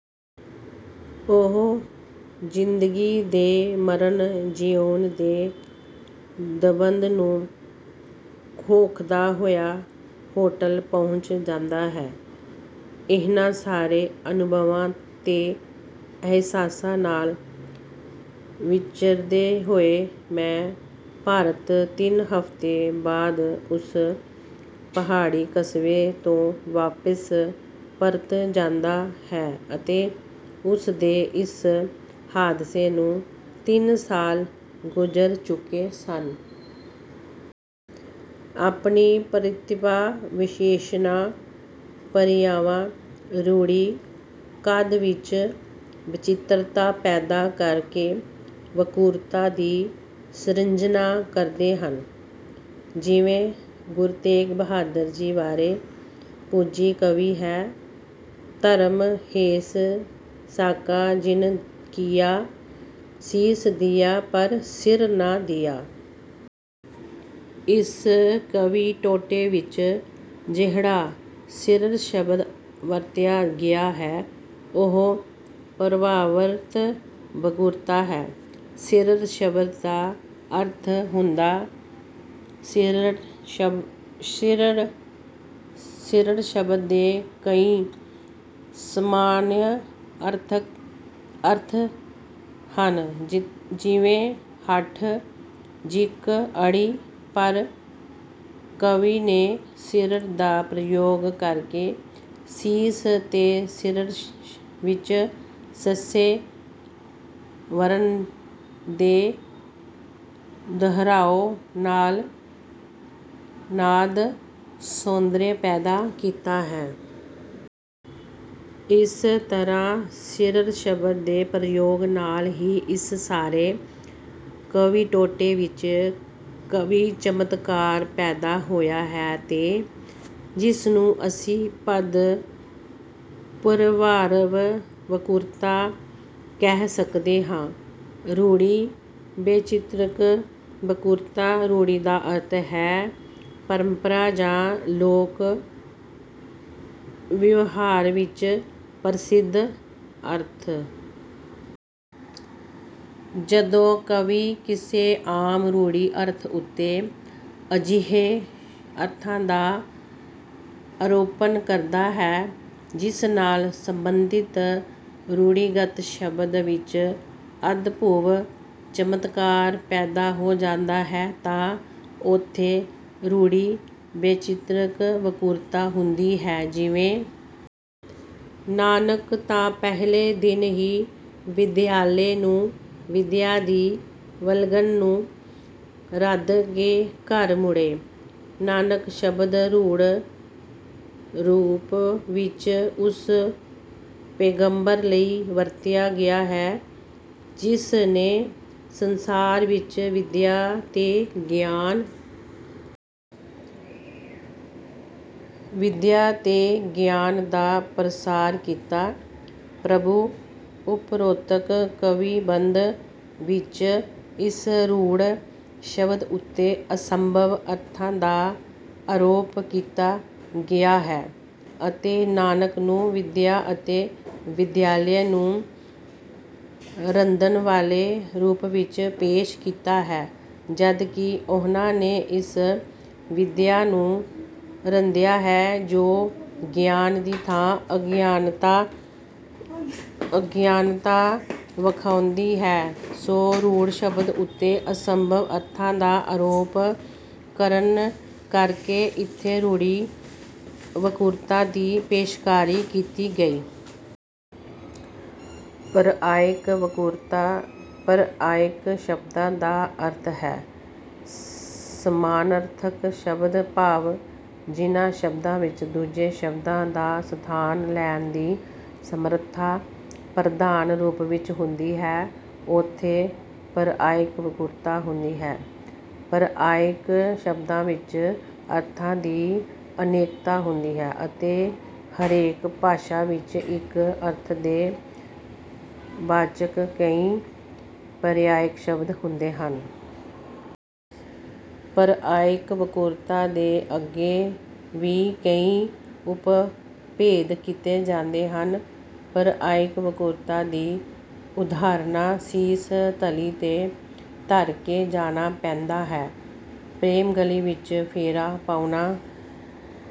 ਉਹ ਜ਼ਿੰਦਗੀ ਦੇ ਮਰਣ-ਜਿਉਣ ਦੇ ਦਵੰਦ ਨੂੰ ਘੋਖਦਾ ਹੋਈ ਹੋਟਲ ਪਹੁੰਚ ਜਾਂਦਾ ਹੈ। ਇਹਨਾਂ ਸਾਰੇ ਅਨੁਭਵਾਂ ਤੇ ਅਹਿਸਾਸਾਂ ਨਾਲ ਵਿਚਰਦੇ ਹੋਏ "ਮੈਂ" ਪਾਤਰ ਤਿੰਨ ਹਫ਼ਤੇ ਬਾਅਦ ਉਸ ਪਹਾੜੀ ਕਸਬੇ ਤੋਂ ਵਾਪਿਸ ਪਰਤ ਜਾਂਦਾ ਹੈ ਅਤੇ ਉਸ ਦੇ ਇਸ ਹਾਦਸੇ ਨੂੰ ਤਿੰਨ ਸਾਲ ਗੁਜਰ ਚੁਕੇ ਸਨ। ਆਪਣੀ ਪ੍ਰਤਿਭਾ ਵਿਸ਼ੇਸਣਾ, ਪਰਿਆਵਾਂ, ਰੂੜੀ ਕਾਦਿ ਵਿੱਚ ਵਿਚਿਤ੍ਰਤਾ ਪੈਦਾ ਕਰਕੇ ਵਕ੍ਰਤਾ ਦੀ ਸਿਂਰਜਣਾ ਕਰਦੇ ਹਨ। ਜਿਵੇਂ ਗੁਰੂ ਤੇਗ ਬਹਾਦਰ ਜੀ ਬਾਰੇ ਬ੍ਰਜੀ ਕਵੀ ਹੈ- 'ਧਰਮ ਹੇਤ ਸਾਕਾ ਜਿਨਿ ਕੀਆ ਸੀਸ ਦੀਆ ਪਰ ਸਿਰਰ ਨਾ ਦੀਆ'। ਇਸ ਕਾਵਿ ਟੋਟੇ ਵਿੱਚ ਜਿਹੜਾ 'ਸਿਰਰ' ਸ਼ਬਦ ਵਰਤਿਆ ਗਿਆ ਹੈ ਉਹ ਪਰਵਾਵਤ ਵਕ੍ਰਤਾ ਹੈ। 'ਸਿਰਰ ' ਸ਼ਬਦ ਦਾ ਅਰਥ ਹੁੰਦਾ ਸਿਰੜ, ਸਿਰੜ ਸ਼ਬਦ ਦੇ ਕਈ ਸਮਾਨਆਰਥਕ ਹਨ ਜਿਵੇਂ ਹਠ, ਜ਼ਿਕ, ਅੜੀ। ਪਰ ਕਵੀ ਨੇ ਸਿਰਰ ਦਾ ਪ੍ਰਯੋਗ ਕਰਕੇ ਸੀਸ ਤੇ ਸਿਰਰ ਵਿੱਚ ਸੱਸੇ ਵਰਣ ਦੇ ਦੁਹਰਾਉ ਨਾਲ ਨਾਦ-ਸੌਂਦਰਯ ਪੈਦਾ ਕੀਤਾ ਹੈ। ਇਸ ਤਰ੍ਹਾਂ 'ਸਿਰਰ' ਸ਼ਬਦ ਦੇ ਪ੍ਰਯੋਗ ਨਾਲ ਹੀ ਇਸ ਸਾਰੇ ਕਾਵੀ ਟੋਟੇ ਵਿੱਚ ਕਾਵਿ ਚਮਤਕਾਰ ਪੈਦਾ ਹੋਇਆ ਹੈ ਤੇ ਜਿਸਨੂੰ ਅਸੀਂ ਪਦ ਪੂਰਵਾਰਧ ਵਕ੍ਰਤਾ ਕਹਿ ਸਕਦੇ ਹਾਂ। ਰੂੜੀ ਵੈਚਿਤ੍ਰ ਵਕ੍ਰਤਾ ਰੂੜੀ ਦਾ ਅਰਥ ਹੈ ਪਰੰਪਰਾ ਜਾਂ 'ਲੋਕ-ਵਿਵਹਾਰ' ਵਿੱਚ ਪ੍ਰਸਿੱਧ ਅਰਥ। ਜਦੋਂ ਕਵੀ ਕਿਸੇ ਆਮ ਰੂੜੀ ਅਰਥ ਉੱਤੇ ਅਜਿਹੇ ਅਰਥਾਂ ਦਾ ਆਰੋਪਣ ਕਰਦਾ ਹੈ, ਜਿਸ ਨਾਲ ਸੰਬੰਧਿਤ ਰੂੜੀਗਤ ਸ਼ਬਦ ਵਿੱਚ ਅਦਭੂਤ ਚਮਤਕਾਰ ਪੈਦਾ ਹੋ ਜਾਂਦਾ ਹੈ ਤਾਂ ਉੱਥੇ ਰੂੜੀ ਵੈਚਿਤ੍ਰ ਵਿਭੂਤਾ ਹੁੰਦੀ ਹੈ ਜਿਵੇਂ- "ਨਾਨਕ ਤਾਂ ਪਹਿਲੇ ਦਿਨ ਹੀ ਵਿਦਿਆਲੇ ਨੂੰ ਵਿਦਿਆ ਦੀ ਵਲਗਣ ਨੂੰ ਰੱਦ ਕੇ ਘਰ ਮੁੜੇ" 'ਨਾਨਕ' ਸ਼ਬਦ ਰੂੜ ਰੂਪ ਵਿੱਚ ਉਸ ਪੈਗੰਬਰ ਲਈ ਵਰਤਿਆ ਗਿਆ ਹੈ ਜਿਸ ਨੇ ਸੰਸਾਰ ਵਿੱਚ ਵਿਦਿਆ ਤੇ ਗਿਆਨ ਵਿਧਿਆ ਤੇ ਗਿਆਨ ਦਾ ਪ੍ਰਸਾਰ ਕੀਤਾ ਪ੍ਰਭੂ ਉਪਰੋਕਤ ਕਾਵਿ-ਬੰਦ ਵਿੱਚ ਇਸ ਰੂੜ ਸ਼ਬਦ ਉੱਤੇ ਅਸੰਭਵ-ਅਰਥਾਂ ਦਾ ਆਰੋਧ ਕੀਤਾ ਗਿਆ ਹੈ ਅਤੇ 'ਨਾਨਕ' ਨੂੰ ਵਿਦਿਆ ਅਤੇ ਵਿਦਿਆਲੇ ਨੂੰ ਰੰਦਣ ਵਾਲੇ ਰੂਪ ਵਿੱਚ ਪੇਸ਼ ਕੀਤਾ ਹੈ ਜਦ ਕਿ ਉਹਨਾਂ ਨੇ ਇਸ ਵਿਦਿਆ ਨੂੰ ਰੰਦਿਆ ਹੈ ਜੋ ਗਿਆਨ ਦੀ ਥਾਂ ਅਗਿਆਨਤਾ ਵਧਾਉਂਦੀ ਹੈ, ਸੋ ਰੂੜ ਸ਼ਬਦ ਉੱਤੇ ਅਸੰਭਵ ਅਰਥਾਂ ਦਾ ਆਰੋਪ ਕਰਨ ਕਰਕੇ ਇੱਥੇ ਰੂੜੀ ਵਕੂਤਾ ਦੀ ਪੇਸ਼ਕਾਰੀ ਕੀਤੀ ਗਈ। ਪਰਿਆਇ ਵਕ੍ਰਤਾ ਪਰਿਆਇ ਸ਼ਬਦ ਦਾ ਅਰਥ ਹੈ 'ਸਮਾਨਾਰਥਕ ਸ਼ਬਦ' ਭਾਵ ਜਿਨ੍ਹਾਂ ਸ਼ਬਦਾਂ ਵਿੱਚ ਦੂਜੇ ਸ਼ਬਦਾਂ ਦਾ ਸਥਾਨ ਲੈਣ ਦੀ ਸਮਰਥਾ ਪ੍ਰਧਾਨ ਰੂਪ ਵਿੱਚ ਹੁੰਦੀ ਹੈ, ਉੱਥੇ ਪਰਿਆਇ ਵਕੂਤਾ ਹੁੰਦੀ ਹੈ। ਪਰਿਆਇ ਸ਼ਬਦਾਂ ਵਿੱਚ ਅਰਥ ਦੀ ਏਕਤਾ ਹੁੰਦੀ ਹੈ ਅਤੇ ਹਰੇਕ ਭਾਸ਼ਾ ਵਿੱਚ ਇਕ ਅਰਥ ਦੇ ਵਾਚਕ ਕਈ ਪਰਿਆਇ ਸ਼ਬਦ ਹੁੰਦੇ ਹਨ। ਪਰਿਆਇ ਵਕ੍ਰਤਾ ਦੇ ਅੱਗੇ ਵੀ ਕਈ ਉਪਭੇਦ ਕੀਤੇ ਜਾਂਦੇ ਹਨ। ਪਰਿਆਇ ਵਕ੍ਰਤਾ ਦੀ ਉਦਾਹਰਣ- "ਸੀਸ ਤਲੀ ਤੇ ਧਰਕੇ ਜਾਣਾ ਪੈਂਦਾ ਹੈ, ਪ੍ਰੇਮ ਗਲੀ ਵਿੱਚ ਫੇਰਾ ਪਾਉਣਾ"